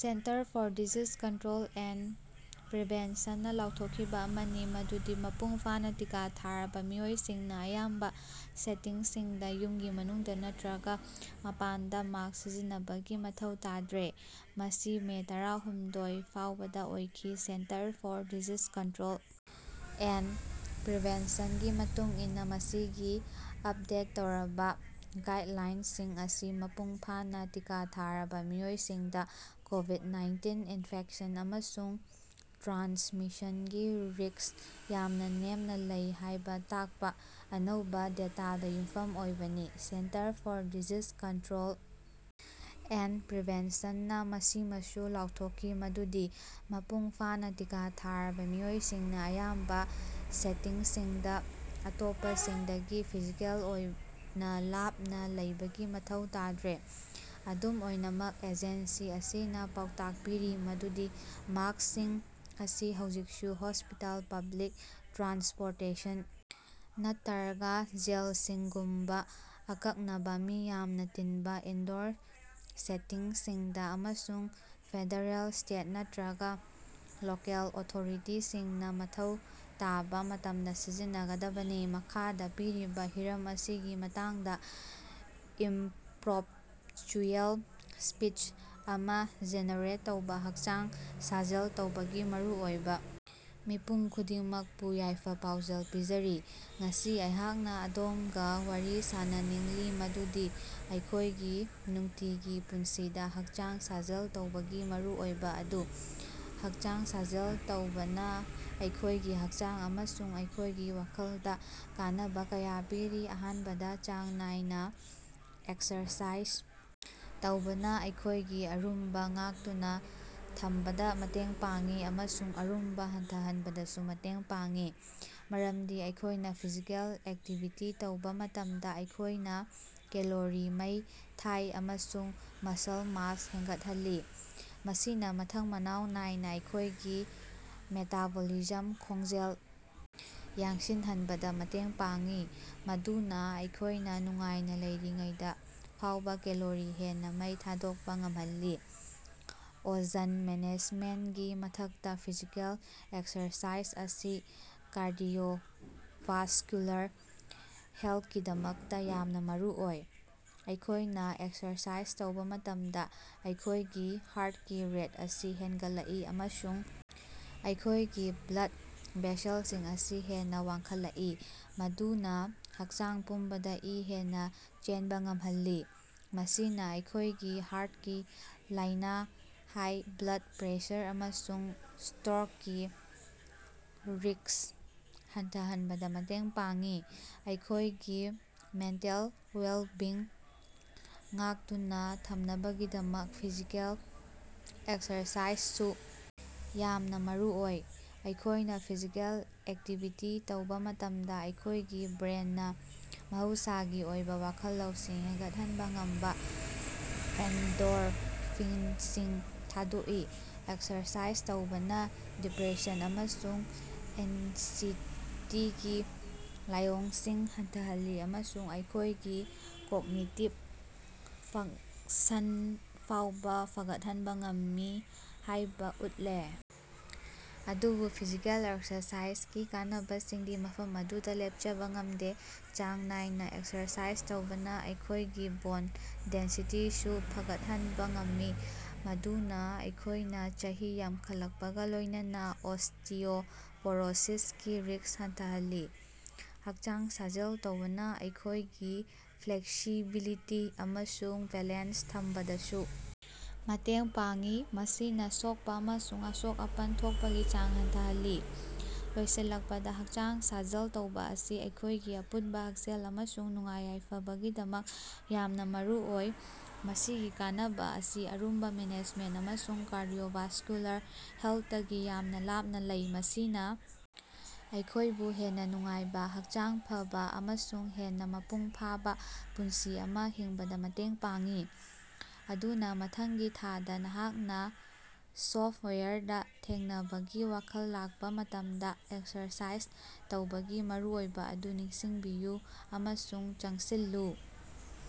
Centre for disease control and prevention ꯅꯥ ꯂꯥꯎꯊꯣꯛꯈꯤꯕ ꯑꯃꯅꯤ ꯃꯗꯨꯗꯤ ꯃꯄꯨꯡ ꯐꯥꯅ ꯇꯤꯀꯥ ꯊꯥꯔꯕ ꯃꯤꯑꯣꯏꯁꯤꯡꯅ ꯑꯌꯥꯝꯕ ꯁꯦꯇꯤꯡꯁꯤꯡꯗ ꯌꯨꯝꯒꯤ ꯃꯅꯨꯡꯗ ꯅꯠꯇꯔꯒ ꯃꯄꯥꯟꯗ ꯃꯥ꯭ꯁꯛ ꯁꯤꯖꯤꯟꯅꯕꯒꯤ ꯃꯊꯧ ꯇꯥꯗ꯭ꯔꯦ, ꯃꯁꯤ ꯃꯦ ꯇꯔꯥꯍꯨꯝꯗꯣꯏ, ꯐꯥꯎꯕꯗ ꯑꯣꯏꯈꯤ꯫ꯁꯦꯟꯇꯔ for disease control and Prevention ꯒꯤ ꯃꯇꯨꯡ ꯏꯟꯅ, ꯃꯁꯤꯒꯤ ꯑꯞꯗꯦꯠ ꯇꯧꯔꯕ ꯒꯥꯏꯗꯂꯥꯏꯟꯁꯤꯡ ꯑꯁꯤ ꯃꯄꯨꯡ ꯐꯥꯅ ꯇꯤꯀꯥ ꯊꯥꯔꯕ ꯃꯤꯑꯣꯏꯁꯤꯡꯗ ꯀꯣꯕꯤꯗ-ꯅꯥꯏꯟꯇꯤꯟ ꯏꯟꯐꯦꯛꯁꯟ ꯑꯃꯁꯨꯡ ꯇ꯭ꯔꯥꯟꯁꯃꯤꯁꯟꯒꯤ ꯔꯤꯁ꯭ꯛ ꯌꯥꯝꯅ ꯅꯦꯝꯅ ꯂꯩ ꯍꯥꯏꯕ ꯇꯥꯛꯄ ꯑꯅꯧꯕ ꯗꯦꯇꯥꯗ ꯌꯨꯝꯐꯝ ꯑꯣꯏꯕꯅꯤ꯫ Centre for disease control and prevention ꯅꯥ ꯃꯁꯤꯃꯁꯨ ꯂꯥꯎꯊꯣꯛꯈꯤ ꯃꯗꯨꯗꯤ ꯃꯄꯨꯡ ꯐꯥꯅ ꯇꯤꯀꯥ ꯊꯥꯔꯕ ꯃꯤꯑꯣꯏꯁꯤꯡꯅ ꯑꯌꯥꯝꯕ ꯁꯦꯇꯤꯡꯁꯤꯡꯗ ꯑꯇꯣꯞꯄꯁꯤꯡꯗꯒꯤ ꯐꯤꯖꯤꯀꯦꯜ ꯑꯣꯏꯅ ꯂꯥꯞꯅ ꯂꯩꯕꯒꯤ ꯃꯊꯧ ꯇꯥꯗ꯭ꯔꯦ꯫ ꯑꯗꯨꯝ ꯑꯣꯏꯅꯃꯛ, ꯑꯦꯖꯦꯟꯁꯤ ꯑꯁꯤꯅ ꯄꯥꯎꯇꯥꯛ ꯄꯤꯔꯤ ꯃꯗꯨꯗꯤ ꯃꯥ꯭ꯁꯛꯁꯤꯡ ꯑꯁꯤ ꯍꯧꯖꯤꯛꯁꯨ ꯍꯣꯁꯄꯤꯇꯥꯜ, ꯄꯕ꯭ꯂꯤꯛ ꯇ꯭ꯔꯥꯟꯁꯄꯣꯔꯇꯦꯁꯟ ꯅꯠꯇ꯭ꯔꯒꯥ ꯖꯦꯜꯁꯤꯡꯒꯨꯝꯕ ꯑꯀꯛꯅꯕ ꯃꯤ ꯌꯥꯝꯅ ꯇꯤꯟꯕ ꯏꯟꯗꯣꯔ ꯁꯦꯇꯤꯡꯁꯤꯡꯗ, ꯑꯃꯁꯨꯡ ꯐꯦꯗꯔꯦꯜ, ꯁ꯭ꯇꯦꯠ ꯅꯠꯇꯔꯒ ꯂꯣꯀꯦꯜ ꯑꯣꯊꯣꯔꯤꯇꯤꯁꯤꯡꯅ ꯃꯊꯧ ꯇꯥꯕ ꯃꯇꯝꯗ ꯁꯤꯖꯤꯟꯅꯒꯗꯕꯅꯤ꯫ ꯃꯈꯥꯗ ꯄꯤꯔꯤꯕ ꯍꯤꯔꯝ ꯑꯁꯤꯒꯤ ꯃꯇꯥꯡꯗ ꯏꯝꯄ꯭ꯔꯣꯝꯄꯆꯨꯑꯦꯜ ꯁ꯭ꯄꯤꯆ ꯑꯃ ꯖꯦꯅꯦꯔꯦꯠ ꯇꯧꯕ - ꯍꯛꯆꯥꯡ ꯁꯥꯖꯦꯜ ꯇꯧꯕꯒꯤ ꯃꯔꯨꯑꯣꯏꯕ꯫ ꯃꯤꯄꯨꯝ ꯈꯨꯗꯤꯡꯃꯛꯄꯨ ꯌꯥꯏꯐ-ꯄꯥꯎꯖꯦꯜ ꯄꯤꯖꯔꯤ꯫ ꯉꯁꯤ ꯑꯩꯍꯥꯛꯅ ꯑꯗꯣꯝꯒ ꯋꯥꯔꯤ ꯁꯥꯅꯅꯤꯡꯂꯤ ꯃꯗꯨꯗꯤ ꯑꯩꯈꯣꯏꯒꯤ ꯅꯨꯡꯇꯤꯒꯤ ꯄꯨꯟꯁꯤꯗ ꯍꯛꯆꯥꯡ ꯁꯥꯖꯦꯜ ꯇꯧꯕꯒꯤ ꯃꯔꯨꯑꯣꯏꯕ ꯑꯗꯨ꯫ ꯍꯛꯆꯥꯡ ꯁꯥꯖꯦꯜ ꯇꯧꯕꯅ ꯑꯩꯈꯣꯏꯒꯤ ꯍꯛꯆꯥꯡ ꯑꯃꯁꯨꯡ ꯑꯩꯈꯣꯏꯒꯤ ꯋꯥꯈꯜꯗ ꯀꯥꯟꯅꯕ ꯀꯌꯥ ꯄꯤꯔꯤ꯫ ꯑꯍꯥꯟꯕꯗ, ꯆꯥꯡ ꯅꯥꯏꯅ ꯑꯦꯛꯁꯔꯁꯥꯏꯖ ꯇꯧꯕꯅ ꯑꯩꯈꯣꯏꯒꯤ ꯑꯔꯨꯝꯕ ꯉꯥꯛꯇꯨꯅ ꯊꯝꯕꯗ ꯃꯇꯦꯡ ꯄꯥꯡꯏ ꯑꯃꯁꯨꯡ ꯑꯔꯨꯝꯕ ꯍꯟꯊꯍꯟꯕꯗꯁꯨ ꯃꯇꯦꯡ ꯄꯥꯡꯏ꯫ ꯃꯔꯝꯗꯤ ꯑꯩꯈꯣꯏꯅ ꯐꯤꯖꯤꯀꯦꯜ ꯑꯦꯛꯇꯤꯚꯤꯇꯤ ꯇꯧꯕ ꯃꯇꯝꯗ ꯑꯩꯈꯣꯏꯅ ꯀꯦꯂꯣꯔꯤ ꯃꯩ ꯊꯥꯏ ꯑꯃꯁꯨꯡ ꯃꯁꯜ ꯃꯥꯁ ꯍꯦꯟꯒꯠꯍꯜꯂꯤ꯫ ꯃꯁꯤꯅ ꯃꯊꯪ ꯃꯅꯥꯎ ꯅꯥꯏꯅꯥ ꯑꯩꯈꯣꯏꯒꯤ ꯃꯦꯇꯥꯕꯣꯂꯤꯖꯝ ꯈꯣꯡꯖꯦꯜ ꯌꯥꯡꯁꯤꯟꯍꯟꯕꯗ ꯃꯇꯦꯡ ꯄꯥꯡꯏ, ꯃꯗꯨꯅ ꯑꯩꯈꯣꯏꯅ ꯅꯨꯡꯉꯥꯏꯅ ꯂꯩꯔꯤꯉꯩꯗ ꯐꯥꯎꯕ ꯀꯦꯂꯣꯔꯤ ꯍꯦꯟꯅ ꯃꯩ ꯊꯥꯗꯣꯛꯄ ꯉꯝꯍꯜꯂꯤ꯫ ꯑꯣꯖꯟ ꯃꯦꯅꯦꯖꯃꯦꯟꯇꯀꯤ ꯃꯊꯛꯇ, ꯐꯤꯖꯤꯀꯦꯜ ꯑꯦꯛꯁꯔꯁꯥꯏꯖ ꯑꯁꯤ ꯀꯥꯔꯗꯤꯑꯣꯚꯥꯁꯀꯨꯂꯥꯔ ꯍꯦꯜꯊꯀꯤꯗꯃꯛꯇ ꯌꯥꯝꯅ ꯃꯔꯨꯑꯣꯏ꯫ ꯑꯩꯈꯣꯏꯅ ꯑꯦꯛꯁꯔꯁꯥꯏꯖ ꯇꯧꯕ ꯃꯇꯝꯗ, ꯑꯩꯈꯣꯏꯒꯤ ꯍꯥ꯭ꯔꯠꯀꯤ ꯔꯦꯠ ꯑꯁꯤ ꯍꯦꯟꯒꯠꯂꯛꯏ ꯑꯃꯁꯨꯡ ꯑꯩꯈꯣꯏꯒꯤ ꯕ꯭ꯂꯗ ꯚꯦꯁꯦꯜꯁꯤꯡ ꯑꯁꯤ ꯍꯦꯟꯅ ꯋꯥꯡꯈꯠꯂꯛꯏ, ꯃꯗꯨꯅ ꯍꯛꯆꯥꯡ ꯄꯨꯝꯕꯗ ꯏ ꯍꯦꯟꯅ ꯆꯦꯟꯕ ꯉꯝꯍꯜꯂꯤ꯫ ꯃꯁꯤꯅ ꯑꯩꯈꯣꯏꯒꯤ ꯍꯥ꯭ꯔꯠꯀꯤ ꯂꯥꯏꯅ, ꯍꯥꯏ ꯕ꯭ꯂꯗ ꯄ꯭ꯔꯦꯁꯔ ꯑꯃꯁꯨꯡ ꯁ꯭ꯇꯔꯣꯛꯀꯤ ꯔꯤꯁ꯭ꯛ ꯍꯟꯊꯍꯟꯕꯗ ꯃꯇꯦꯡ ꯄꯥꯡꯏ꯫ ꯑꯩꯈꯣꯏꯒꯤ ꯃꯦꯟꯇꯦꯜ ꯋꯦꯜꯕꯤꯡ ꯉꯥꯛꯇꯨꯅ ꯊꯝꯅꯕꯒꯤꯗꯃꯛ ꯐꯤꯖꯤꯀꯦꯜ ꯑꯦꯛꯁꯔꯁꯥꯏꯖꯁꯨ ꯌꯥꯝꯅ ꯃꯔꯨꯑꯣꯏ꯫ ꯑꯩꯈꯣꯏꯅ ꯐꯤꯖꯤꯀꯦꯜ ꯑꯦꯛꯇꯤꯚꯤꯇꯤ ꯇꯧꯕ ꯃꯇꯝꯗ, ꯑꯩꯈꯣꯏꯒꯤ ꯕ꯭ꯔꯦꯅꯅꯥ ꯃꯍꯧꯁꯥꯒꯤ ꯑꯣꯏꯕ ꯋꯥꯈꯜ ꯂꯧꯁꯤꯡ ꯍꯦꯟꯒꯠꯍꯟꯕ ꯉꯝꯕ ꯑꯦꯟꯗꯣꯔꯐꯤꯟꯁꯤꯡ ꯊꯥꯗꯣꯛꯏ꯫ ꯑꯦꯛꯁꯔꯁꯥꯏꯖ ꯇꯧꯕꯅ ꯗꯤꯄ꯭ꯔꯦꯁꯟ ꯑꯃꯁꯨꯡ ꯑꯦꯟꯁꯤꯇꯤꯒꯤ ꯂꯥꯏꯑꯣꯡꯁꯤꯡ ꯍꯟꯊꯍꯜꯂꯤ ꯑꯃꯁꯨꯡ ꯑꯩꯈꯣꯏꯒꯤ ꯀꯣꯒꯅꯤꯇꯤꯕ ꯐꯪꯛꯁꯟ ꯐꯥꯎꯕ ꯐꯒꯠꯍꯟꯕ ꯉꯝꯃꯤ ꯍꯥꯏꯕ ꯎꯠꯂꯦ꯫ ꯑꯗꯨꯕꯨ ꯐꯤꯖꯤꯀꯦꯜ ꯑꯦꯛꯁꯔꯁꯥꯏꯖꯒꯤ ꯀꯥꯟꯅꯕꯁꯤꯡꯗꯤ ꯃꯐꯝ ꯑꯗꯨꯗ ꯂꯦꯞꯆꯕ ꯉꯝꯗꯦ꯫ ꯆꯥꯡ ꯅꯥꯏꯅ ꯑꯦꯛꯁꯔꯁꯥꯏꯖ ꯇꯧꯕꯅ ꯑꯩꯈꯣꯏꯒꯤ ꯕꯣꯟ ꯗꯦꯟꯁꯤꯇꯤꯁꯨ ꯐꯒꯠꯍꯟꯕ ꯉꯝꯃꯤ, ꯃꯗꯨꯅ ꯑꯩꯈꯣꯏꯅ ꯆꯍꯤ ꯌꯥꯝꯈꯠꯂꯛꯄꯒ ꯂꯣꯏꯅꯅ ꯑꯣꯁ꯭ꯇꯤꯑꯣꯄꯣꯔꯣꯁꯤꯁꯀꯤ ꯔꯤꯁ꯭ꯛ ꯍꯟꯊꯍꯜꯂꯤ꯫ ꯍꯛꯆꯥꯡ ꯁꯥꯖꯦꯜ ꯇꯧꯕꯅ ꯑꯩꯈꯣꯏꯒꯤ ꯐ꯭ꯂꯦꯛꯁꯤꯕꯤꯂꯤꯇꯤ ꯑꯃꯁꯨꯡ ꯕꯦꯂꯦꯟꯁ ꯊꯝꯕꯗꯁꯨ ꯃꯇꯦꯡ ꯄꯥꯡꯏ, ꯃꯁꯤꯅ ꯁꯣꯛꯄ ꯑꯃꯁꯨꯡ ꯑꯁꯣꯛ-ꯑꯄꯟ ꯊꯣꯛꯄꯒꯤ ꯆꯥꯡ ꯍꯟꯊꯍꯜꯂꯤ꯫ ꯂꯣꯏꯁꯤꯜꯂꯛꯄꯗ, ꯍꯛꯆꯥꯡ ꯁꯥꯖꯦꯜ ꯇꯧꯕ ꯑꯁꯤ ꯑꯩꯈꯣꯏꯒꯤ ꯑꯄꯨꯟꯕ ꯍꯛꯁꯦꯜ ꯑꯃꯁꯨꯡ ꯅꯨꯡꯉꯥꯏ-ꯌꯥꯏꯐꯕꯒꯤꯗꯃꯛ ꯌꯥꯝꯅ ꯃꯔꯨꯑꯣꯏ꯫ ꯃꯁꯤꯒꯤ ꯀꯥꯟꯅꯕꯥ ꯑꯁꯤ ꯑꯔꯨꯝꯕ ꯃꯦꯅꯦꯖꯃꯦꯟꯇ ꯑꯃꯁꯨꯡ ꯀꯥꯔꯗꯤꯑꯣꯚꯥꯁꯀꯨꯂꯥꯔ ꯍꯦꯜꯊꯇꯒꯤ ꯌꯥꯝꯅ ꯂꯥꯞꯅ ꯂꯩ, ꯃꯁꯤꯅ ꯑꯩꯈꯣꯏꯕꯨ ꯍꯦꯟꯅ ꯅꯨꯡꯉꯥꯏꯕ, ꯍꯛꯆꯥꯡ ꯐꯕꯥ ꯑꯃꯁꯨꯡ ꯍꯦꯟꯅ ꯃꯄꯨꯡ ꯐꯥꯕ ꯄꯨꯟꯁꯤ ꯑꯃ ꯍꯤꯡꯕꯗ ꯃꯇꯦꯡ ꯄꯥꯡꯏ꯫ ꯑꯗꯨꯅ, ꯃꯊꯪꯒꯤ ꯊꯥꯗ ꯅꯍꯥꯛꯅ ꯁꯣꯐ꯭ꯇꯋꯥꯌꯔꯗ ꯊꯦꯡꯅꯕꯒꯤ ꯋꯥꯈꯜ ꯂꯥꯛꯄ ꯃꯇꯝꯗ, ꯑꯦꯛꯁꯔꯁꯥꯏꯖ ꯇꯧꯕꯒꯤ ꯃꯔꯨꯑꯣꯏꯕ ꯑꯗꯨ ꯅꯤꯡꯁꯤꯡꯕꯤꯌꯨ ꯑꯃꯁꯨꯡ ꯆꯪꯁꯤꯜꯂꯨ꯫